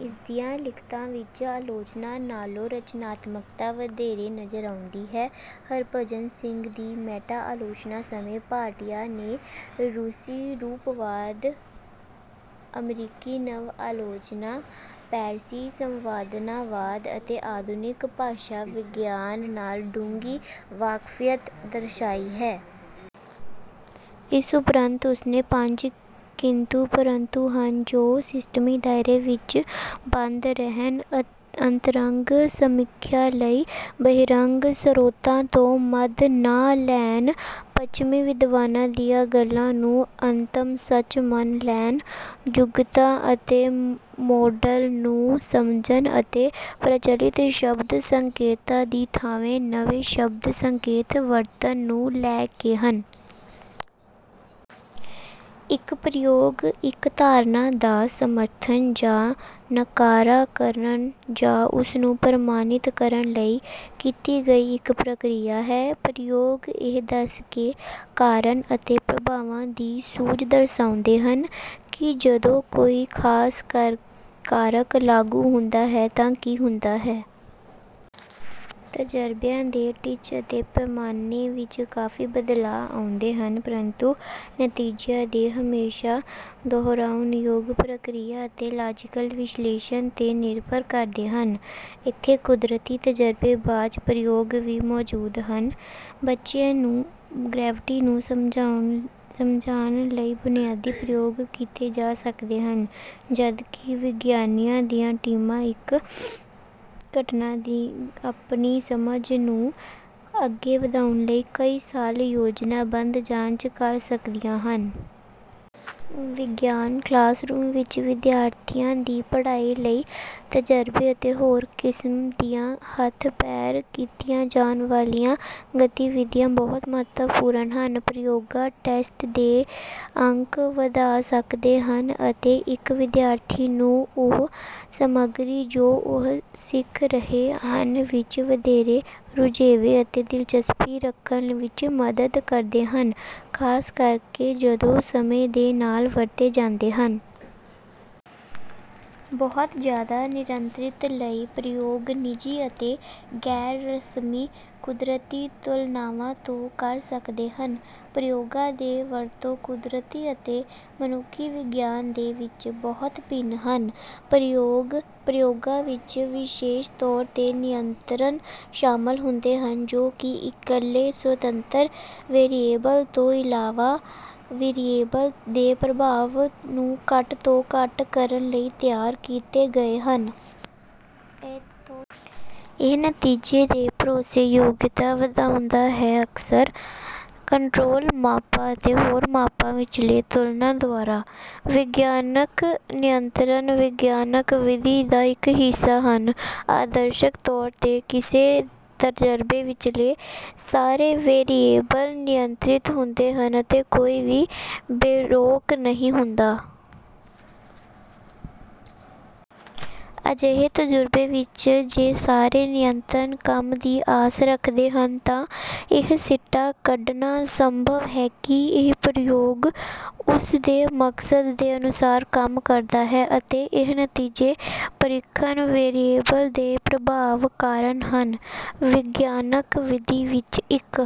ਇਸਦੀਆਂ ਲਿਖਤਾਂ ਵਿੱਚ ਆਲੋਚਨਾ ਨਾਲੋਂ ਰਚਨਾਤਮਕਤਾ ਵਧੇਰੇ ਨਜ਼ਰ ਆਉਂਦੀ ਹੈ। ਹਰਿਭਜਨ ਸਿੰਘ ਦੀ ਮੈਟਾ ਆਲੋਚਨਾ ਸਮੇਂ ਭਾਟੀਆ ਨੇ ਰੂਸੀ ਰੂਪਵਾਦ, ਅਮਰੀਕੀ ਨਵ-ਆਲੋਚਨਾ, ਪੈਰਿਸੀ ਸੰਰਚਨਾਵਾਦ ਅਤੇ ਆਧੁਨਿਕ ਭਾਸ਼ਾ ਵਿਗਿਆਨ ਨਾਲ ਡੂੰਘੀ ਵਾਕਫੀਅਤ ਦਰਸ਼ਾਈ ਹੈ। ਇਸ ਉਪਰੰਤ ਉਸਨੇ ਪੰਜ ਕਿੰਤੂ-ਪ੍ਰੰਤੂ ਹਨ ਜੋ ਸਿਸਟਮੀ ਦਾਇਰੇ ਵਿੱਚ ਬੰਦ ਰਹਿਣ, ਅੰਤਰੰਗ ਸਮੀਖਿਆ ਲਈ ਬਹਿਰੰਗ ਸਰੋਤਾਂ ਤੋਂ ਮਦ ਨਾ ਲੈਣ, ਪੱਛਮੀ ਵਿਦਵਾਨਾਂ ਦੀਆਂ ਗੱਲਾਂ ਨੂੰ ਅੰਤਮ ਸੱਚ ਮੰਨ ਲੈਣਾ, ਜੁਗਤਾਂ ਅਤੇ ਮਾਡਲ ਨੂੰ ਸਮਝਣ ਅਤੇ ਪ੍ਰਚੱਲਿਤ ਸ਼ਬਦ-ਸੰਕੇਤਾਂ ਦੀ ਥਾਂਵੇਂ ਨਵੇਂ ਸ਼ਬਦ-ਸੰਕੇਤ ਵਰਤਣ ਨੂੰ ਲੈ ਕੇ ਹਨ। ਇੱਕ ਪ੍ਰਯੋਗ ਇੱਕ ਧਾਰਨਾ ਦਾ ਸਮਰਥਨ, ਜਾਂ ਨਕਾਰਾ ਕਰਨ ਜਾਂ ਉਸ ਨੂੰ ਪ੍ਰਮਾਣਿਤ ਕਰਨ ਲਈ ਕੀਤੀ ਗਈ ਇੱਕ ਪ੍ਰਕਿਰਿਆ ਹੈ। ਪ੍ਰਯੋਗਾਂ ਇਹ ਦੱਸ ਕੇ ਕਾਰਨ-ਅਤੇ-ਪ੍ਰਭਾਵਾਂ ਦੀ ਸੂਝ ਦਰਸਾਉਂਦੇ ਹਨ ਕਿ ਜਦੋਂ ਕੋਈ ਖ਼ਾਸ ਕਾਰਕ ਲਾਗੂ ਹੁੰਦਾ ਹੈ ਤਾਂ ਕੀ ਹੁੰਦਾ ਹੈ। ਤਜਰਬਿਆਂ ਦੇ ਟੀਚੇ ਅਤੇ ਪੈਮਾਨੇ ਵਿੱਚ ਕਾਫ਼ੀ ਬਦਲਾਅ ਆਉਂਦੇ ਹਨ, ਪਰੰਤੂ ਨਤੀਜਿਆਂ ਦੇ ਹਮੇਸ਼ਾ ਦੁਹਰਾਉਣਯੋਗ ਪ੍ਰਕਿਰਿਆ ਅਤੇ ਲਾਜ਼ੀਕਲ ਵਿਸ਼ਲੇਸ਼ਣ 'ਤੇ ਨਿਰਭਰ ਕਰਦੇ ਹਨ। ਇੱਥੇ ਕੁਦਰਤੀ ਤਜਰਬੇਬਾਜ਼ ਪ੍ਰਯੋਗ ਵੀ ਮੌਜੂਦ ਹਨ। ਬੱਚੇ ਨੂੰ ਗ੍ਰੈਵਿਟੀ ਨੂੰ ਸਮਝਣ ਲਈ ਬੁਨਿਆਦੀ ਪ੍ਰਯੋਗ ਕੀਤੇ ਜਾ ਸਕਦੇ ਹਨ, ਜਦੋਂ ਕਿ ਵਿਗਿਆਨੀਆਂ ਦੀਆਂ ਟੀਮਾਂ ਇੱਕ ਘਟਨਾ ਦੀ ਆਪਣੀ ਸਮਝ ਨੂੰ ਅੱਗੇ ਵਧਾਉਣ ਲਈ ਕਈ ਸਾਲ ਯੋਜਨਾਬੱਧ ਜਾਂਚ ਕਰ ਸਕਦੀਆਂ ਹਨ। ਵਿਗਿਆਨ ਕਲਾਸਰੂਮ ਵਿੱਚ ਵਿਦਿਆਰਥੀਆਂ ਦੀ ਪੜ੍ਹਾਈ ਲਈ ਤਜਰਬੇ ਅਤੇ ਹੋਰ ਕਿਸਮ ਦੀਆਂ ਹੱਥ-ਪੈਰ ਕੀਤੀਆਂ ਜਾਣ ਵਾਲੀਆਂ ਗਤੀਵਿਧੀਆਂ ਬਹੁਤ ਮਹੱਤਵਪੂਰਨ ਹਨ। ਪ੍ਰਯੋਗਾਂ ਟੈਸਟ ਦੇ ਅੰਕ ਵਧਾ ਸਕਦੀਆਂ ਹਨ ਅਤੇ ਇੱਕ ਵਿਦਿਆਰਥੀ ਨੂੰ ਉਹ ਸਮੱਗਰੀ ਜੋ ਉਹ ਸਿੱਖ ਰਹੇ ਹਨ ਵਿੱਚ ਵਧੇਰੇ ਰੁਝੇਵਿਆਂ ਅਤੇ ਦਿਲਚਸਪੀ ਰੱਖਣ ਵਿੱਚ ਮਦਦ ਕਰਦੇ ਹਨ, ਖ਼ਾਸ ਕਰਕੇ ਜਦੋਂ ਸਮੇਂ ਦੇ ਨਾਲ ਵਰਤੇ ਜਾਂਦੇ ਹਨ। ਬਹੁਤ ਜ਼ਿਆਦਾ ਨਿਯੰਤ੍ਰਿਤ ਲਈ ਪ੍ਰਯੋਗਾਂ ਨਿੱਜੀ ਅਤੇ ਗੈਰ-ਰਸਮੀ ਕੁਦਰਤੀ ਤੁਲਨਾਵਾਂ ਤੋਂ ਕਰ ਸਕਦੇ ਹਨ। ਪ੍ਰਯੋਗਾਂ ਦੇ ਵਰਤੋਂ ਕੁਦਰਤੀ ਅਤੇ ਮਨੁੱਖੀ ਵਿਗਿਆਨ ਦੇ ਵਿੱਚ ਬਹੁਤ ਭਿੰਨ ਹਨ। ਪ੍ਰਯੋਗਾਂ ਵਿੱਚ ਵਿਸ਼ੇਸ਼ ਤੌਰ 'ਤੇ ਨਿਯੰਤਰਣ ਸ਼ਾਮਲ ਹੁੰਦੇ ਹਨ, ਜੋ ਕਿ ਇੱਕਲੇ ਸੁਤੰਤਰ ਵੇਰੀਏਬਲ ਤੋਂ ਇਲਾਵਾ ਵੇਰੀਏਬਲ ਦੇ ਪ੍ਰਭਾਵਾਂ ਨੂੰ ਘੱਟ ਤੋਂ ਘੱਟ ਕਰਨ ਲਈ ਤਿਆਰ ਕੀਤੇ ਗਏ ਹਨ। ਇਹ ਨਤੀਜੇ ਦੀ ਭਰੋਸੇਯੋਗਤਾ ਵਧਾਉਂਦਾ ਹੈ, ਅਕਸਰ ਕੰਟਰੋਲ ਮਾਪਾਂ ਅਤੇ ਹੋਰ ਮਾਪਾਂ ਵਿੱਚਾਲੇ ਤੁਲਨਾ ਦੁਆਰਾ। ਵਿਗਿਆਨਕ ਨਿਯੰਤਰਣ ਵਿਗਿਆਨਕ ਵਿਧੀ ਦਾ ਇੱਕ ਹਿੱਸਾ ਹਨ। ਆਦਰਸ਼ਕ ਤੌਰ ਤੇ, ਕਿਸੇ ਤਜਰਬੇ ਵਿੱਚਾਲੇ ਸਾਰੇ ਵੇਰੀਏਬਲ ਨਿਯੰਤਰਿਤ ਹੁੰਦੇ ਹਨ ਅਤੇ ਕੋਈ ਵੀ ਬੇਰੋਕ ਨਹੀਂ ਹੁੰਦਾ। ਅਜਿਹੇ ਤਜ਼ੁਰਬੇ ਵਿੱਚ, ਜੇ ਸਾਰੇ ਨਿਯੰਤ੍ਰਣ ਕੰਮ ਦੀ ਆਸ ਰੱਖਦੇ ਹਨ, ਤਾਂ ਇਹ ਸਿੱਟਾ ਕੱਢਣਾ ਸੰਭਵ ਹੈ ਕਿ ਇਹ ਪ੍ਰਯੋਗ ਉਸ ਦੇ ਮਕਸਦ ਦੇ ਅਨੁਸਾਰ ਕੰਮ ਕਰਦਾ ਹੈ, ਅਤੇ ਇਹ ਨਤੀਜੇ ਪ੍ਰੀਖਣ ਵੇਰੀਏਬਲ ਦੇ ਪ੍ਰਭਾਵ ਕਾਰਨ ਹਨ। ਵਿਗਿਆਨਕ ਵਿਧੀ ਵਿੱਚ, ਇੱਕ